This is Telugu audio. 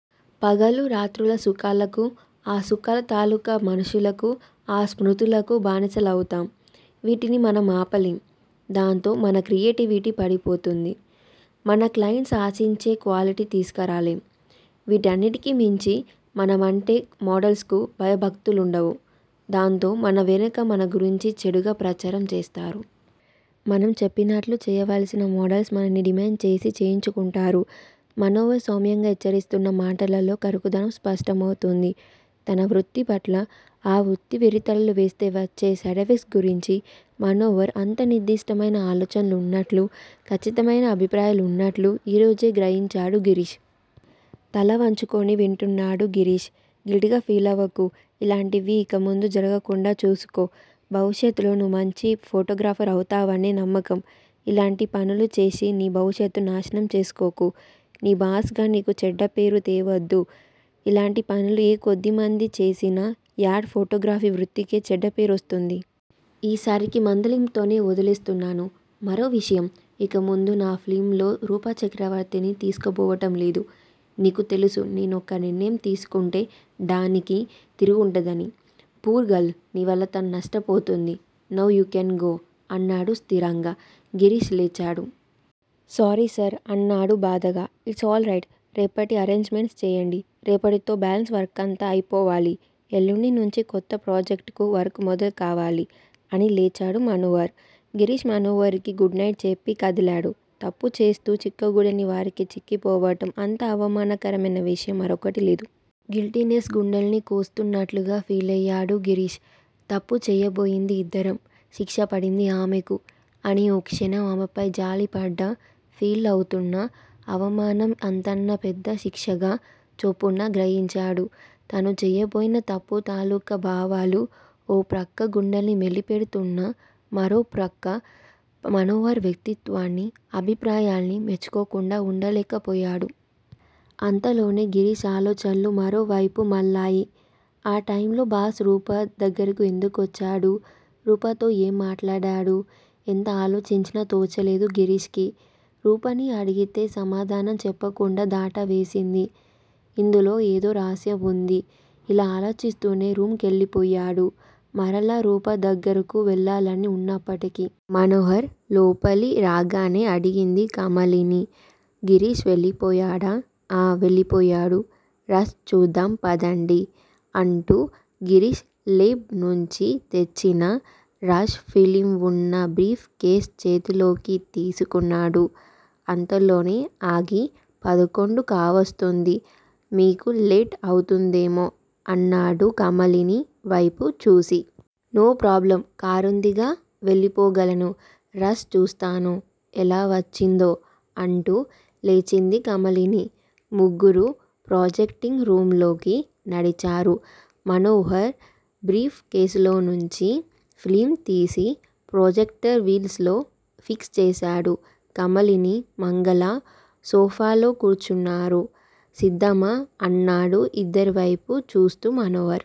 పగలు రాత్రుల సుఖాలకు, ఆ సుఖాల తాలూకు మనుష్యులకు, ఆ స్మృతులకు బానిసలం అవుతాం. వీటిని మనం ఆపలేం. దాంతో మన క్రియేటివిటీ పడిపోతుంది. మన క్లాయింట్స్ ఆశించే క్వాలిటీ తీసుకురాలేం. వీటన్నింటికిమించి మనమంటే మోడల్స్ కు భయభక్తులుండవు. దాంతో మన వెనుక మన గురించి చెడుగా ప్రచారం చేస్తారు. మనం చెప్పినట్లు చేయవల్సిన మోడల్స్ మనల్ని డిమాండ్ చేసి చేయించుకుంటారు మనోహర్ సౌమ్యంగా హెచ్చరిస్తున్నా మాటల్లో కరుకుదనం స్పష్టమవుతోంది. తన వృత్తిపట్ల, ఆ వృత్తి వెర్రితలలు వేస్తే వచ్చే సైడ్ ఎఫెక్ట్సు గురించి మనోహర్ అంత నిర్దుష్టమైన ఆలోచనలున్నట్లు ఖచ్చితమైన అభిప్రాయాలున్నట్లు ఈరోజే గ్రహించాడు గిరీష్. తల వంచుకొనివింటున్నాడు గిరీష్. గిల్టీగా ఫీలవ్వకు. ఇలాంటివి ఇకముందు జరక్కుండా చూసుకో. భవిష్యత్ లో నువ్వు మంచి ఫోటోగ్రాఫర్ అవుతావనే నానమ్మకం. ఇలాంటి పనులుచేసి నీ భవిష్యత్ నాశనం చేసుకోకు. నీ బాస్ గా నీకు చెడ్డపేరు తేవద్దు. ఇలాంటి పనులు ఏ కొద్దిమంది చేసినా యాడ్ ఫోటో గ్రఫీ వృత్తికే చెడ్డ పేరొస్తుంది. ఈసారికి మందలింపుతోనే వదిలేస్తున్నాను మరో విషయం. ఇకముందు నా ఫిల్మ్ లో రూపా చక్రవర్తిని తీసుకోబోవటంలేదు. నీకు తెలుసు నేనొక నిర్ణయం తీసుకుంటే డానికి తిరుగుండదని. పూర్ గర్ల్ నీ వలన తను నష్టపోతోంది నౌ యూ కెన్ గో అన్నాడు స్థిరంగా. గిరీష్ లేచాడు. సారీ సర్ అన్నాడు బాధగా. It's all right! రేపటి అరెంజ్ మెంట్స్ చూడండి. రేపటితో బ్యాలన్స్ వర్కంతా అయిపోవాలి. ఎల్లుండి నుంచి కొత్త ప్రాజెక్టు వర్క్స్ మొదలు కావాలి అని లేచాడు మనోహర్. గిరీష్ మనోహర్ కి గుడ్ నైట్ చెప్పి కదిలాడు. తప్పుచేస్తూ, చిక్క గూడని వారికే చిక్కిపోవటం అంత అవమానకరమైన విషయం మరొకటి లేదు. గిల్టీనెస్ గుండెల్ని కోస్తున్నట్లుగా ఫీలయ్యాడు గిరీష్ తప్పుచేయబోయింది ఇద్దరం. శిక్ష పడింది ఆమెకు. అని ఓ క్షణం ఆమెపై జాలిపడ్డా, ఫీల్ అవుతున్న అవమానం అంతన్నా పెద్ద శిక్షగా చప్పున గ్రహించాడు. తను చేయబోయిన తప్పు తాలూకు భావాలు ఓ ప్రక్క గుండెనిమెలిపెడుతున్నా, మరోప్రక్క మనోహర్ వ్యక్తిత్వాన్ని, అభిప్రాయాల్ని మెచ్చుకోకుండా వుండలేకపోయాడు. అంతలోనే గిరీష్ ఆలోచనలు మరో వైపు మళ్ళాయి. ఆ టైమ్ లో బాస్ రూపా దగ్గరకు ఎందుకొచ్చాడు? రూపాతో ఏం మాట్లాడాడు? ఎంత ఆలోచించినా తోచలేదు గిరీష్ కి రూపాని అడిగితే సమాధానం చెప్పకుండా దాటవేసింది. ఇందులో ఏదో రహస్యం వుంది ఇలా ఆలోచిస్తూనే రూమ్ కెళ్ళిపోయాడు-మరలా రూపా దగ్గరకు వెళ్ళాలని వున్నప్పటికి. మనోహర్ లోపలి రాగానే అడిగింది కమలిని. గిరీష్ వెళ్ళిపోయాడా? ఆ వెళ్ళిపోయాడు. రష్ చూద్దాం పదండి అంటూ గిరీష్ లేబ్ నుంచి తెచ్చిన రష్ ఫిల్మ్ వున్న బ్రీఫ్ కేస్ చేతిలోకి తీసుకున్నాడు. అంతలోనే ఆగి పదకొండు కావస్తోంది. మీకు లేట్ అవుతుందేమో అన్నాడు కమలినివైపు చూసి. నో ప్రాబ్లమ్ కారుందిగా వెళ్ళిపోగలను. రష్ చూస్తాను ఎలా వచ్చిందో అంటూ లేచింది కమలిని. ముగ్గురూ ప్రాజెక్టింగ్ రూమ్ లోకి నడిచారు. మనోహర్ బ్రీఫ్ కేసులోంచి ఫిల్మ్ తీసి ప్రొజెక్టర్ వీల్స్ లో ఫిక్స్ చేసాడు. కమలిని, మంగళ సోఫాలో కూర్చున్నారు. చూద్దామా? అన్నాడు ఇద్దరివేపు చూస్తూ మనోహర్.